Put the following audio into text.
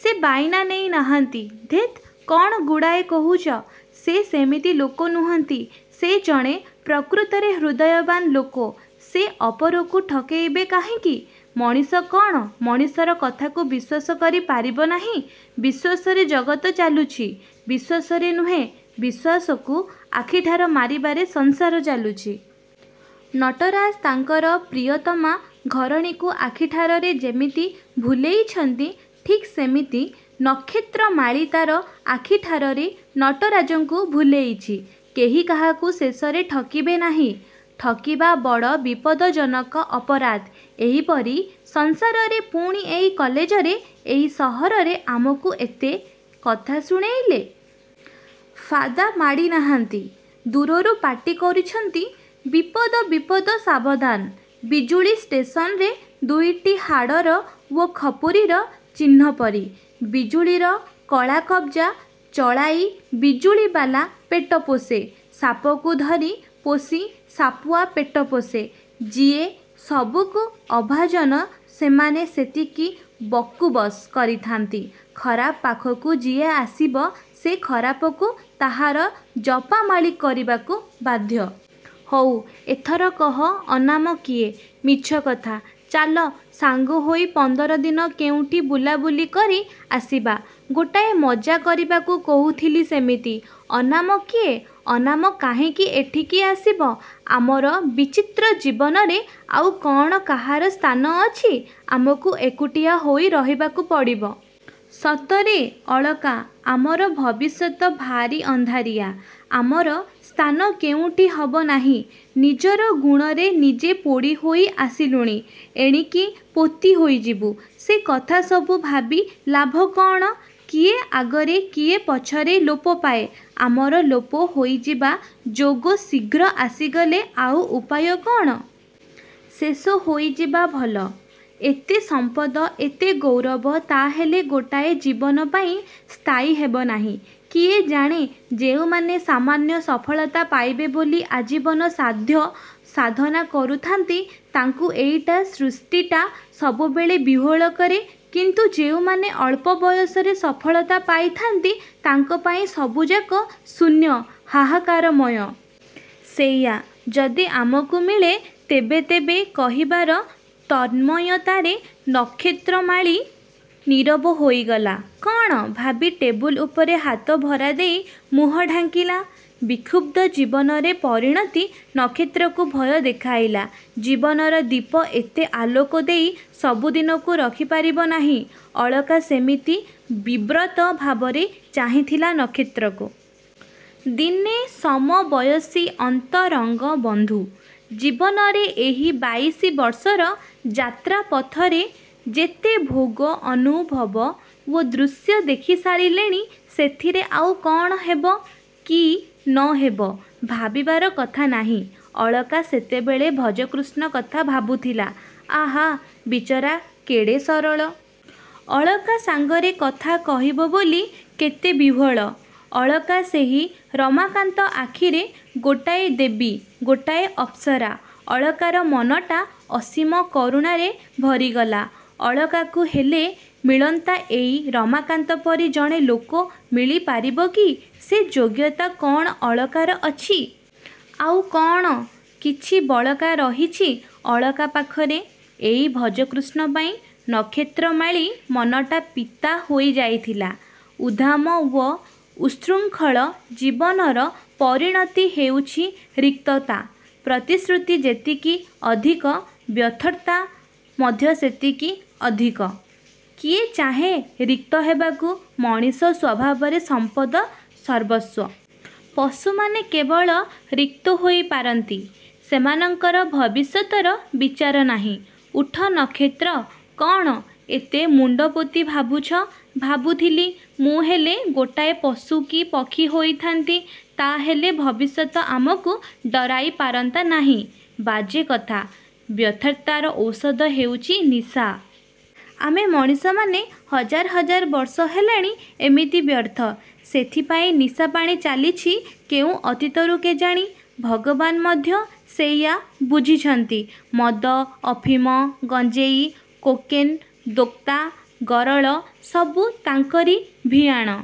ସେ ବଇନା ନେଇ ନାହାନ୍ତି? -ଧେତ୍, କଣ ଗୁଡ଼ାଏ କହୁଛ? ସେ ସେମିତି ଲୋକ ନୁହନ୍ତି। ସେ ଜଣେ ପ୍ରକୃତରେ ହୃଦୟବାନ୍ ଲୋକ। ସେ ଅପରକୁ ଠକେଇବେ କାହିଁକି? ମଣିଷ କ'ଣ ମଣିଷର କଥାକୁ ବିଶ୍ୱାସ କରି ପାରିବ ନାହିଁ? ବିଶ୍ୱାସରେ ଜଗତ ଚାଲୁଛି। -ବିଶ୍ୱାସରେ ନୁହେଁ ବିଶ୍ୱାସକୁ ଆଖିଠାର ମାରିବାରେ ସଂସାର ଚାଲୁଛି। ନଟରାଜ ତାଙ୍କର ପ୍ରିୟତମା ଘରଣୀକୁ ଆଖିଠାରରେ ଯେମିତି ଭୁଲେଇଛନ୍ତି ଠିକ୍ ସେମିତି ନକ୍ଷତ୍ରମାଳୀ ତା'ର ଆଖିଠାରରେ ନଟରାଜଙ୍କୁ ଭୁଲେଇଛି। କେହି କାହାକୁ ଶେଷରେ ଠକିବେ ନାହିଁ। ଠକିବା ବଡ଼ ବିପଦଜନକ ଅପରାଧ। -ଏଇପରି ସଂସାରରେ ପୁଣି ଏଇ କଲେଜରେ, ଏଇ ସହରରେ ଆମକୁ ଏତେ କଥା ଶୁଣାଇଲେ? -ଫାଦା ମାଡ଼ି ନାହାଁନ୍ତି। ଦୂରରୁ ପାଟି କରିଛନ୍ତି-ବିପଦ-ବିପଦ-ସାବଧାନ। ବିଜୁଳି ଷ୍ଟେସନରେ ଦୁଇଟି ହାଡ଼ର ଓ ଖପୁରୀର ଚିହ୍ନପରି। ବିଜୁଳିର କଳକବ୍ଜା ଚଳାଇ ବିଜୁଳିବାଲା ପେଟ ପୋଷେ। ସାପକୁ ଧରି ପୋଷି ସାପୁଆ ପେଟ ପୋଷେ। ଯିଏ ସବୁକୁ ଅଭାଜନ, ସେମାନେ ସେତିକି ବକୁବସ୍ କରିଥାନ୍ତି। ଖରାପ ପାଖକୁ ଯିଏ ଆସିବ-ସେ ଖରାପକୁ ତାହାର ଜପାମାଳୀ କରିବାକୁ ବାଧ୍ୟ। -ହଉ, ଏଥର କହ ଅନାମ କିଏ? -ମିଛକଥା। ଚାଲ ସାଙ୍ଗହୋଇ ପନ୍ଦରଦିନ କେଉଁଠି ବୁଲାବୁଲି କରି ଆସିବା। ଗୋଟାଏ ମଜ୍ଜା କରିବାକୁ କହୁଥିଲି ସେମିତି, ଅନାମ କିଏ? -ଅନାମ କାହିଁକି ଏଠିକି ଆସିବ? ଆମର ବିଚିତ୍ର ଜୀବନରେ ଆଉ କ'ଣ କାହାର ସ୍ଥାନ ଅଛି? ଆମକୁ ଏକୁଟିଆ ହୋଇ ରହିବାକୁ ପଡ଼ିବ। -ସତରେ ଅଳକା। ଆମର ଭବିଷ୍ୟତ ଭାରି ଅନ୍ଧାରିଆ। ଆମର ସ୍ଥାନ କେଉଁଠି ହବ ନାହିଁ। ନିଜର ଗୁଣରେ ନିଜେ ପୋଡ଼ି ହୋଇ ଆସିଲୁଣି। ଏଣିକି ପୋତି ହୋଇଯିବୁ। -ସେ କଥା ସବୁ ଭାବି ଲାଭ କ'ଣ? କିଏ ଆଗରେ କିଏ ପଛରେ ଲୋପ ପାଏ। ଆମର ଲୋପ ହୋଇଯିବା ଯୋଗ ଶୀଘ୍ର ଆସିଗଲେ ଆଉ ଉପାୟ କ'ଣ? ଶେଷ ହୋଇଯିବା ଭଲ। -ଏତେ ସମ୍ପଦ, ଏତେ ଗୌରବ ତାହାହେଲେ ଗୋଟାଏ ଜୀବନ ପାଇଁ ସ୍ଥାୟୀ ହେବ ନାହିଁ? -କିଏ ଜାଣେ? ଯେଉଁମାନେ ସାମାନ୍ୟ ସଫଳତା ପାଇବେ ବୋଲି ଆଜୀବନ ସାଧ୍ୟ ସାଧନା କରୁଥାନ୍ତି ତାଙ୍କୁ ଏଇ ସୃଷ୍ଟିଟା ସବୁବେଳେ ବିହ୍ୱଳ କରେ। କିନ୍ତୁ ଯେଉଁମାନେ ଅଳ୍ପ ବୟସରେ ସଫଳତା ପାଇଥାନ୍ତି ତାଙ୍କ ପାଇଁ ସବୁଯାକ ଶୂନ୍ୟ-ହାହାକାରମୟ। ସେଇଆ ଯଦି ଆମକୁ ମିଳେ, ତେବେ-ତେବେ କହିବାର ତନ୍ମୟତାରେ ନକ୍ଷତ୍ରମାଳୀ ନୀରବ ହୋଇଗଲା। କ'ଣ ଭାବି ଟେବୁଲ ଉପରେ ହାତ ଭରାଦେଇ ମୁହଁ ଢାଙ୍କିଲା। ବିକ୍ଷୁବ୍ଧ ଜୀବନରେ ପରିଣତି ନକ୍ଷତ୍ରକୁ ଭୟ ଦେଖାଇଲା। ଜୀବନର ଦୀପ ଏତେ ଆଲୋକ ଦେଇ ସବୁଦିନକୁ ରହିପାରିବ ନାହିଁ। ଅଳକା ସେମିତି ବିବ୍ରତ ଭାବରେ ଚାହିଁଥିଲା ନକ୍ଷତ୍ରକୁ। ଦିହେଁ ସମବୟସୀ-ଅନ୍ତରଙ୍ଗ ବନ୍ଧୁ। ଜୀବନରେ ଏହି ବାଇଶି ବର୍ଷର ଯାତ୍ରା ପଥରେ ଯେତେ ଭୋଗ, ଅନୁଭବ ଓ ଦୃଶ୍ୟ ଦେଖିସାରିଲେଣି ସେଥିରେ ଆଉ କ'ଣ ହେବ କି ନ ହେବ ଭାବିବାର କଥା ନାହିଁ। ଅଳକା ସେତେବେଳେ ଭଜକୃଷ୍ଣ କଥା ଭାବୁଥିଲା-ଆହା, ବିଚରା କେଡ଼େ ସରଳ? ଅଳକା ସାଙ୍ଗରେ କଥା କହିବ ବୋଲି କେତେ ବିହ୍ୱଳ? ଅଳକା ସେହି ରମାକାନ୍ତ ଆଖିରେ ଗୋଟାଏ ଦେବୀ-ଗୋଟାଏ ଅପ୍ସରା। ଅଳକାର ମନଟା ଅସୀମ କରୁଣାରେ ଭରିଗଲା। ଅଳକାକୁ ହେଲେ ମିଳନ୍ତା ଏଇ ରମାକାନ୍ତ ପରି ଜଣେ ଲୋକ ମିଳିପାରିବ କି? ସେ ଯୋଗ୍ୟତା କ'ଣ ଅଳକାର ଅଛି? -ଆଉ କ'ଣ କିଛି ବଳକା ରହିଛି ଅଳକା ପାଖରେ? -ଏଇ ଭଜକୃଷ୍ଣ ପାଇଁ? ନକ୍ଷତ୍ରମାଳୀ ମନଟା ପିତା ହୋଇ ଯାଇଥିଲା। ଉଦ୍ଦାମ ଓ ଉତ୍ସୃଙ୍ଖଳ ଜୀବନର ପରିଣତି ହେଉଛି ରିକ୍ତତା। ପ୍ରତିଶ୍ରୁତି ଯେତିକି ଅଧିକ-ବ୍ୟର୍ଥତା ମଧ୍ୟ ସେତିକି ଅଧିକ। କିଏ ଚାହେଁ ରିକ୍ତ ହେବାକୁ? ମଣିଷ ସ୍ୱଭାବରେ ସମ୍ପଦ-ସର୍ବସ୍ୱ। ପଶୁମାନେ କେବଳ ରିକ୍ତ ହୋଇ ପାରନ୍ତି। ସେମାନଙ୍କର ଭବିଷ୍ୟତର ବିଚାର ନାହିଁ। -ଉଠ, ନକ୍ଷତ୍ର। କ'ଣ ଏତେ ମୁଣ୍ଡପୋତି ଭାବୁଛ? -ଭାବୁଥିଲି ମୁଁ ହେଲେ ଗୋଟାଏ ପଶୁ କି ପକ୍ଷୀ ହୋଇଥା'ନ୍ତି। ତାହାହେଲେ ଭବିଷ୍ୟତ ଆମକୁ ଡରାଇ ପାରନ୍ତା ନାହିଁ। -ବାଜେ କଥା। ବ୍ୟର୍ଥତାର ଔଷଧ ହେଉଛି ନିଶା। ଆମେ ମଣିଷମାନେ ହଜାର ହଜାର ବର୍ଷ ହେଲାଣି ଏମିତି ବ୍ୟର୍ଥ। ସେଥିପାଇଁ ନିଶାପାଣି ଚାଲିଛି କେଉଁ ଅତୀତରୁ କେଜାଣି। ଭଗବାନ ମଧ୍ୟ ସେଇଆ ବୁଝିଛନ୍ତି। ମଦ, ଅଫିମ, ଗଞ୍ଜେଇ, କୋକେନ୍, ଦୋକ୍ତା, ଗରଳ-ସବୁ ତାଙ୍କରି ଭିଆଣ।